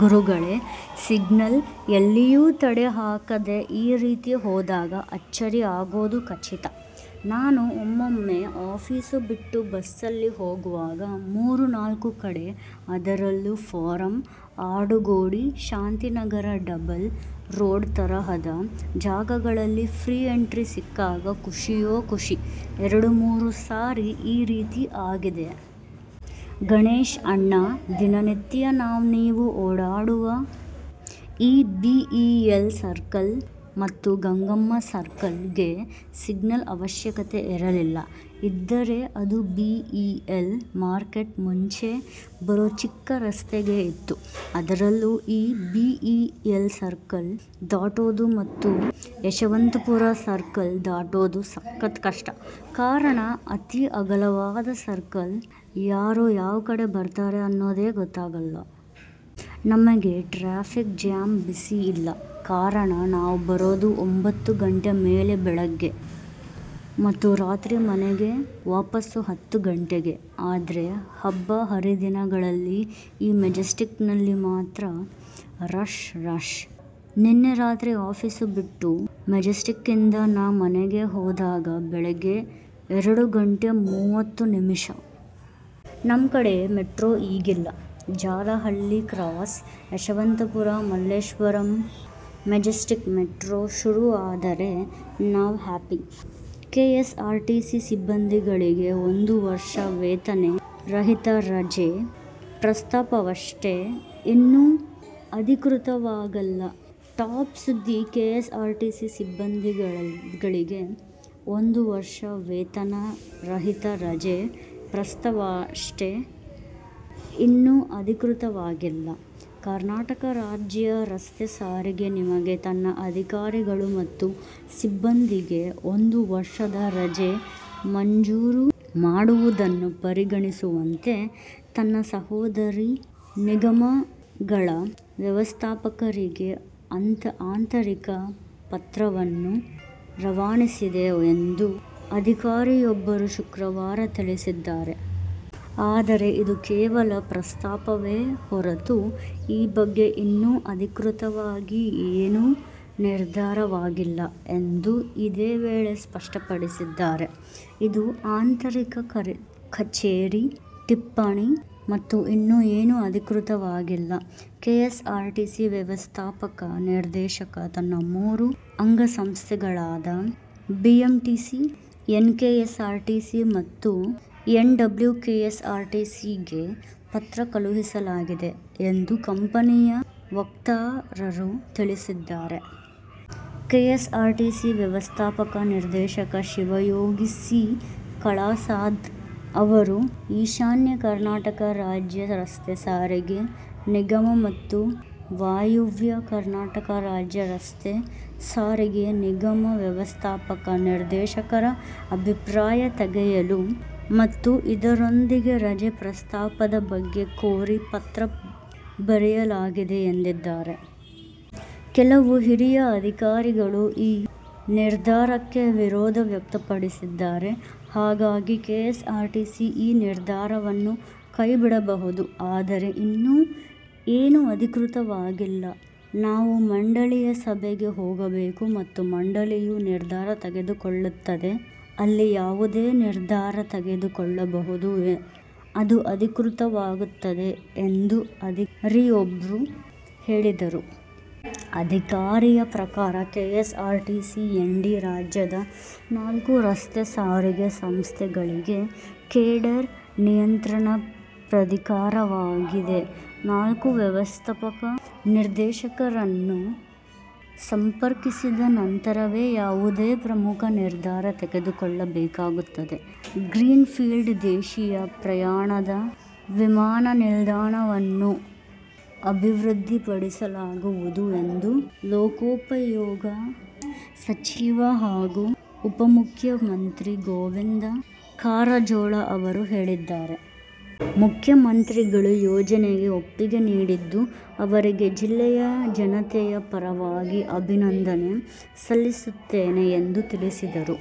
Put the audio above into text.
ಗುರುಗಳೇ -ಸಿಗ್ನಲ್ ಎಲ್ಲಿಯೂ ತಡೆ ಹಾಕದೆ ಈ ರೀತಿ ಹೋದಾಗ ಅಚ್ಚರಿ ಆಗೋದು ಖಚಿತ. ನಾನೂ ಒಮ್ಮೊಮ್ಮೆ ಆಫೀಸು ಬಿಟ್ಟು ಬಸ್ಸಲ್ಲಿ ಹೋಗ್ವಾಗ ಮೂರು-ನಾಲ್ಕು ಕಡೆ ಅದರಲ್ಲೂ Forum, Adugodi, Shantinagar double road ತರಹದ ಜಾಗಗಳಲ್ಲಿ ಫ್ರೀ ಎಂಟ್ರಿ ಸಿಕ್ಕಾಗ ಖುಷಿಯೋ ಖುಷಿ ಎರಡು-ಮೂರು ಸಾರಿ ಈ ರೀತಿ ಆಗಿದೆ. ಗಣೇಶ್ ಅಣ್ಣ, ದಿನ ನಿತ್ಯ ನಾವ್ ನೀವ್ ಓಡಾಡುವ ಆ ಬೀ.ಈ.ಎಲ್ ಸರ್ಕಲ್ ಮತ್ತು ಗಂಗಮ್ಮ ಸರ್ಕಲ್ ಗೆ ಸಿಗ್ನಲ್ ಅವಶ್ಯಕತೆ ಇರಲಿಲ್ಲ, ಇದ್ದರೆ ಅದು ಬೀ.ಈ.ಎಲ್ ಮಾರ್ಕೆಟ್ ಮುಂಚೆ ಬರೋ ಚಿಕ್ಕ ರಸ್ತೆಗೆ ಇತ್ತು. ಅದರಲ್ಲೂ ಈ ಬೀ.ಈ.ಎಲ್ ಸರ್ಕಲ್ ದಾಟೋದು ಮತ್ತು ಯಶವಂತಪುರ ಸರ್ಕಲ್ ದಾಟೋದು ಸಖತ್ ಕಷ್ಟ, ಕಾರಣ ಅತಿ ಅಗಲವಾದ ಸರ್ಕಲ್ -ಯಾರು ಯಾವ್ ಕಡೆ ಬರ್ತಾರೆ ಅನ್ನೋದೇ ಗೊತ್ತಾಗೊಲ್ಲ.. ನಮಗೆ ಟ್ರಾಫಿಕ್ ಜಾಮ್ ಬಿಸಿ ಇಲ್ಲ -ಕಾರಣ ನಾವ್ ಬರೋದು ಒಂಭತ್ತು ಗಂಟೆ ಮೇಲೆ ಬೆಳಗ್ಗೆ, ಮತ್ತು ರಾತ್ರಿ ಮನೆಗೆ ವಾಪಸ್ಸು ಹತ್ತು ಗಂಟೆಗೆ. ಆದ್ರೆ ಹಬ್ಬ ಹರಿದಿನಗಳಲ್ಲಿ ಈ ಮೆಜೆಸ್ಟಿಕ್ಕಲ್ಲಿ ಮಾತ್ರ ರಶ್ -ರಶ್. ನಿನ್ನೆ ರಾತ್ರಿ ಆಫೀಸು ಬಿಟ್ಟು ಮೆಜೆಸ್ತಿಕ್ಕಿಂದ ನಾ ಮನೆಗೆ ಹೋದಾಗ ಬೆಳಗ್ಗೆ ಎರಡು ಗಂಟೆ ಮೂವತ್ತು ನಿಮಿಷ. ನಮ್ ಕಡೆ ಮೆಟ್ರೋ ಈಗಿಲ್ಲ -Jalahalli cross -Yeshwantpur -Malleshwaram -Majestic metro ಶುರು ಆದರೆ ನಾವ್ ಹ್ಯಾಪಿ."ಕೆಎಸ್ಆರ್ಟಿಸಿ ಸಿಬ್ಬಂದಿಗಳಿಗೆ ಒಂದು ವರ್ಷ ವೇತನ ರಹಿತ ರಜೆ ಪ್ರಸ್ತಾಪವಷ್ಟೆ, ಇನ್ನೂ ಅಧಿಕೃತವಾಗಿಲ್ಲ" ಟಾಪ್ ಸುದ್ದಿ "ಕೆಎಸ್ಆರ್ಟಿಸಿ ಸಿಬ್ಬಂದಿಗಳಿಗೆ ಒಂದು ವರ್ಷ ವೇತನ ರಹಿತ ರಜೆ ಪ್ರಸ್ತಾಪವಷ್ಟೆ, ಇನ್ನೂ ಅಧಿಕೃತವಾಗಿಲ್ಲ" ಕರ್ನಾಟಕ ರಾಜ್ಯ ರಸ್ತೆ ಸಾರಿಗೆ ನಿಗಮ ತನ್ನ ಅಧಿಕಾರಿಗಳು ಮತ್ತು ಸಿಬ್ಬಂದಿಗೆ ಒಂದು ವರ್ಷದ ರಜೆ ಮಂಜೂರು ಮಾಡುವುದನ್ನು ಪರಿಗಣಿಸುವಂತೆ, ತನ್ನ ಸಹೋದರಿ ನಿಗಮಗಳ ವ್ಯವಸ್ಥಾಪಕರಿಗೆ ಆಂತರಿಕ ಪತ್ರವನ್ನು ರವಾನಿಸಿದೆ ಎಂದು ಅಧಿಕಾರಿಯೊಬ್ಬರು ಶುಕ್ರವಾರ ತಿಳಿಸಿದ್ದಾರೆ. ಆದರೆ, ಇದು ಕೇವಲ ಪ್ರಸ್ತಾಪವೇ ಹೊರತು, ಈ ಬಗ್ಗೆ ಇನ್ನೂ ಅಧಿಕೃತವಾಗಿ ಏನೂ ನಿರ್ಧಾರವಾಗಿಲ್ಲ ಎಂದು ಇದೇ ವೇಳೆ ಸ್ಪಷ್ಟಪಡಿಸಿದ್ದಾರೆ. "ಇದು ಆಂತರಿಕ ಕಚೇರಿ ಟಿಪ್ಪಣಿ ಮತ್ತು ಇನ್ನೂ ಏನೂ ಅಧಿಕೃತವಾಗಿಲ್ಲ. ಕೆಎಸ್ಆರ್ಟಿಸಿ ವ್ಯವಸ್ಥಾಪಕ ನಿರ್ದೇಶಕ ತನ್ನ ಮೂರು ಅಂಗಸಂಸ್ಥೆಗಳಾದ ಬಿಎಂಟಿಸಿ, ಎನ್ಕೆಎಸ್ಆರ್ಟಿಸಿ ಮತ್ತು ಎನ್ ಡಬ್ಲ್ಯೂ ಕೆಎಸ್ಆರ್ಟಿಸಿಗೆ ಪತ್ರ ಕಳುಹಿಸಲಾಗಿದೆ" ಎಂದು ಕಂಪನಿಯ ವಕ್ತಾರರು ತಿಳಿಸಿದ್ದಾರೆ. ಕೆಎಸ್ಆರ್ಟಿಸಿ ವ್ಯವಸ್ಥಾಪಕ ನಿರ್ದೇಶಕ ಶಿವಯೋಗಿ ಸಿ. ಕಲಾಸಾದ್ ಅವರು, ಈಶಾನ್ಯ ಕರ್ನಾಟಕ ರಾಜ್ಯ ರಸ್ತೆ ಸಾರಿಗೆ ನಿಗಮ ಮತ್ತು ವಾಯುವ್ಯ ಕರ್ನಾಟಕ ರಾಜ್ಯ ರಸ್ತೆ ಸಾರಿಗೆ ನಿಗಮ ವ್ಯವಸ್ಥಾಪಕ ನಿರ್ದೇಶಕರ ಅಭಿಪ್ರಾಯ ತೆಗೆಯಲು ಮತ್ತು ಇದರೊಂದಿಗೆ ರಜೆ ಪ್ರಸ್ತಾಪದ ಬಗ್ಗೆ ಕೋರಿ ಪತ್ರ ಬರೆಯಲಾಗಿದೆ ಎಂದಿದ್ದಾರೆ. "ಕೆಲವು ಹಿರಿಯ ಅಧಿಕಾರಿಗಳು ಈ ನಿರ್ಧಾರಕ್ಕೆ ವಿರೋಧ ವ್ಯಕ್ತಪಡಿಸಿದ್ದಾರೆ. ಹಾಗಾಗಿ ಕೆಎಸ್ಆರ್ಟಿಸಿ ಈ ನಿರ್ಧಾರವನ್ನು ಕೈಬಿಡಬಹುದು. ಆದರೆ ಇನ್ನೂ ಏನೂ ಅಧಿಕೃತವಾಗಿಲ್ಲ. ನಾವು ಮಂಡಳಿಯ ಸಭೆಗೆ ಹೋಗಬೇಕು ಮತ್ತು ಮಂಡಳಿಯು ನಿರ್ಧಾರ ತೆಗೆದುಕೊಳ್ಳುತ್ತದೆ. ಅಲ್ಲಿ ಯಾವುದೇ ನಿರ್ಧಾರ ತೆಗೆದುಕೊಳ್ಳಬಹುದು, ಅದು ಅಧಿಕೃತವಾಗುತ್ತದೆ" ಎಂದು ಅಧಿಕಾರಿಯಬ್ಬರು ಹೇಳಿದರು. ಅಧಿಕಾರಿಯ ಪ್ರಕಾರ, ಕೆಎಸ್ಆರ್ಟಿಸಿ ಎಂಡಿ ರಾಜ್ಯದ ನಾಲ್ಕು ರಸ್ತೆ ಸಾರಿಗೆ ಸಂಸ್ಥೆಗಳಿಗೆ ಕೇಡರ್ ನಿಯಂತ್ರಣ ಪ್ರಾಧಿಕಾರವಾಗಿದೆ. ನಾಲ್ಕು ವ್ಯವಸ್ಥಾಪಕ ನಿರ್ದೇಶಕರನ್ನು ಸಂಪರ್ಕಿಸಿದ ನಂತರವೇ ಯಾವುದೇ ಪ್ರಮುಖ ನಿರ್ಧಾರ ತೆಗೆದುಕೊಳ್ಳಬೇಕಾಗುತ್ತದೆ. ಗ್ರೀನ್ ಫೀಲ್ಡ್ ದೇಶೀಯ ಪ್ರಯಾಣದ ವಿಮಾನ ನಿಲ್ದಾಣವನ್ನು ಅಭಿವೃದ್ಧಿಪಡಿಸಲಾಗುವುದು ಎಂದು ಲೋಕೋಪಯೋಗಿ ಸಚಿವ ಹಾಗೂ ಉಪಮುಖ್ಯಮಂತ್ರಿ ಗೋವಿಂದ ಕಾರಜೋಳ ಅವರು ಹೇಳಿದ್ದಾರೆ. ಮುಖ್ಯಮಂತ್ರಿಗಳು ಯೋಜನೆಗೆ ಒಪ್ಪಿಗೆ ನೀಡಿದ್ದು ಅವರಿಗೆ ಜಿಲ್ಲೆಯ ಜನತೆಯ ಪರವಾಗಿ ಅಭಿನಂದನೆ ಸಲ್ಲಿಸುತ್ತೇನೆ ಎಂದು ತಿಳಿಸಿದರು.